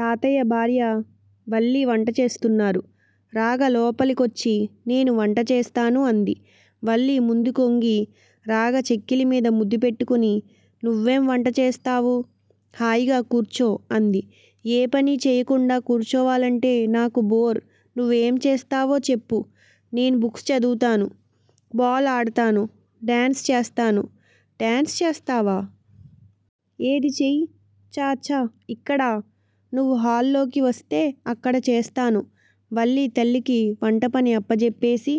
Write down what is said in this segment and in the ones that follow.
తాతయ్య భార్య, వల్లి వంట చేస్తున్నారు. రాగ లోపలికొచ్చి నేను వంట చేస్తాను అంది. వల్లి ముందు కొంగి రాగ చెక్కిలి మీద ముద్దు పెట్టుకుని, నువెం వంట చేస్తావు? హాయిగా కూర్చో అంది. ఏ పని చెయ్యకుండా కుర్చోవాలంటే నాకు బోర్ నువెం చేస్తావో చెప్పు నేను బుక్స్ చదువుతాను- బాల్ ఆడతాను- డాన్స్ చేస్తాను డాన్స్ చేస్తావా? ఏది చెయ్యి. ఛ ఛ! ఇక్కడా! నువు హాల్ లోకి వస్తే అక్కడ చేస్తాను. వల్లి తల్లికి వంట పని అప్పజెప్పేసి,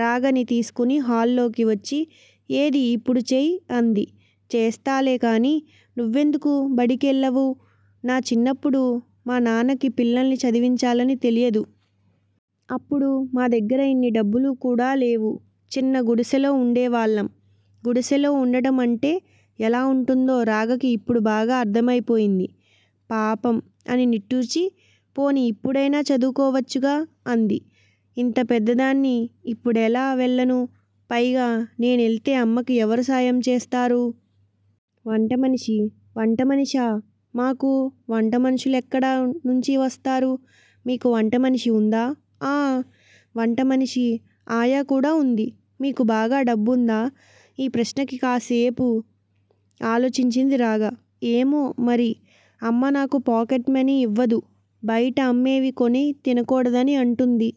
రాగని తీసుకుని హాల్లోకి వచ్చి ఏది యిప్పుడు చెయ్యి అంది. చేస్తాలే కాని, నువెందుకు బడికెళ్ళవు? నా చిన్నప్పుడు మా నాన్నకి పిల్లల్ని చదివించాలని తెలియదు. అప్పుడు మా దగ్గర యిన్ని డబ్బులు కూడా లేవు. చిన్న గుడిసెలో వుండే వాళ్ళం. గుడిసెలో వుండడం అంటే ఎలా వుంటుందో రాగకి యిప్పుడు బాగా అర్ధమైపోయింది. పాపం! అని నిట్టూర్చి పోనీ యిప్పుడైనా చదువుకోవచ్చుగా, అంది. ఇంత పెద్దదాన్ని ఇప్పుడెలా వెళ్ళను? పైగా నేనేల్తే అమ్మకి ఎవరు సాయం చేస్తారు? వంటమనిషి వంటమనిషా! మాకు వంటమనుష్యులెక్కడ నుంచి వస్తారు? మీకు వంట మనిషి ఉందా! ఆ! వంటమనిషి, ఆయా కూడా వుంది. మీకు బాగా డబ్బుందా? ఈ ప్రశ్నకి కాస్సేపు ఆలోచించింది రాగ. ఏమో మరి? అమ్మ నాకు పాకెట్ మని యివదు. బయట అమ్మేవి కొని తినకూడదని అంటుంది.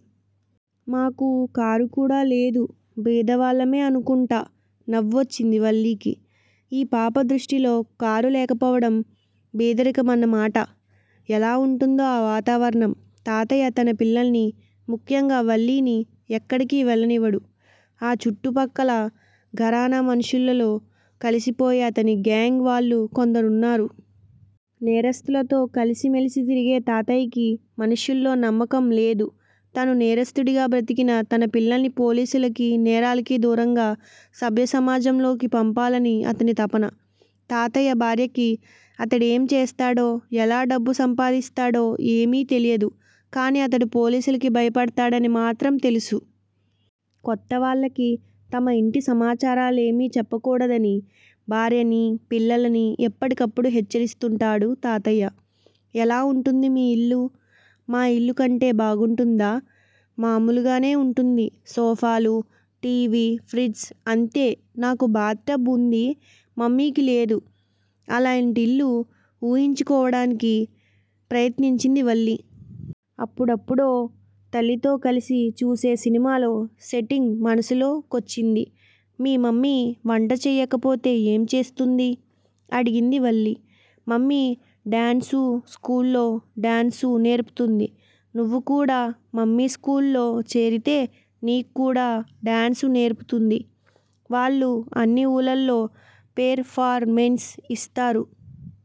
మాకు కారు కూడా లేదు. బీదవాళ్ళమే అనుకుంటా నవొచ్చింది వల్లికి. ఈ పాప దృష్టిలో కారు లేకపోవడం బీదరికమన్నమాట. ఎలా వుంటుందో ఆ వాతావరణం. తాతయ్య తన పిల్లల్ని ముఖ్యంగా వల్లిని ఎక్కడికి వెళ్ళనివడు. ఆ చుట్టూ పక్కల ఘరానా మనుష్యులల్లో కలిసిపోయి అతని గాంగ్ వాళ్ళు కొందరున్నారు. నేరస్థులతో కలిసి మెలిసి తిరిగే తాతయ్యకి మనుష్యుల్లో నమ్మకం లేదు. తను నేరస్థుడిగా బ్రతికినా తన పిల్లల్ని పోలీసులకి, నేరాలకి దూరంగా సభ్య సమాజంలోకి పంపాలని అతని తపన. తాతయ్య భార్యకి అతడెం చేస్తాడో? ఎలా డబ్బు సంపాదిస్తాడో? ఏమి తెలియదు. కానీ అతడు పోలీసులకి భయపడతాడని మాత్రం తెలుసు. కొత్త వాళ్ళకి తమ యింటి సమాచారాలేమి చెప్పకూడదని, భార్యని, పిల్లలని ఎప్పటికప్పుడు హెచ్చరిస్తుంటాడు తాతయ్య. ఎలా వుంటుంది మీ యిల్లు? మా యిల్లు కంటే బాగుంటుందా? మాములుగానే వుంటుంది. సోఫాలు, టి. వి. ప్ర్హిజ్ అంతే నాకు బాత్ టబ్ వుంది. మమ్మికి లేదు. అలాంటి ఇల్లు ఉహించుకోడానికి ప్రయత్నించింది వల్లి. అప్పుడప్పుడో తల్లితో కలిసి చూసే సినిమాలో సెట్టింగ్ మనసులో కొచ్చింది. మీ మమ్మీ వంట చేయకపోతే ఏం చేస్తుంది? అడిగింది వల్లి. మమ్మీ డాన్సు స్కూల్లో డాన్సు నేర్పుతుంది. నువు కూడా మమ్మీ స్కూల్లో చేరితే నిక్కుడా డాన్స్ నేర్పుతుంది. వాళ్ళు అన్నీ ఉళ్ళల్లో పెర్ ఫార్ మెన్స్ యిస్తారు.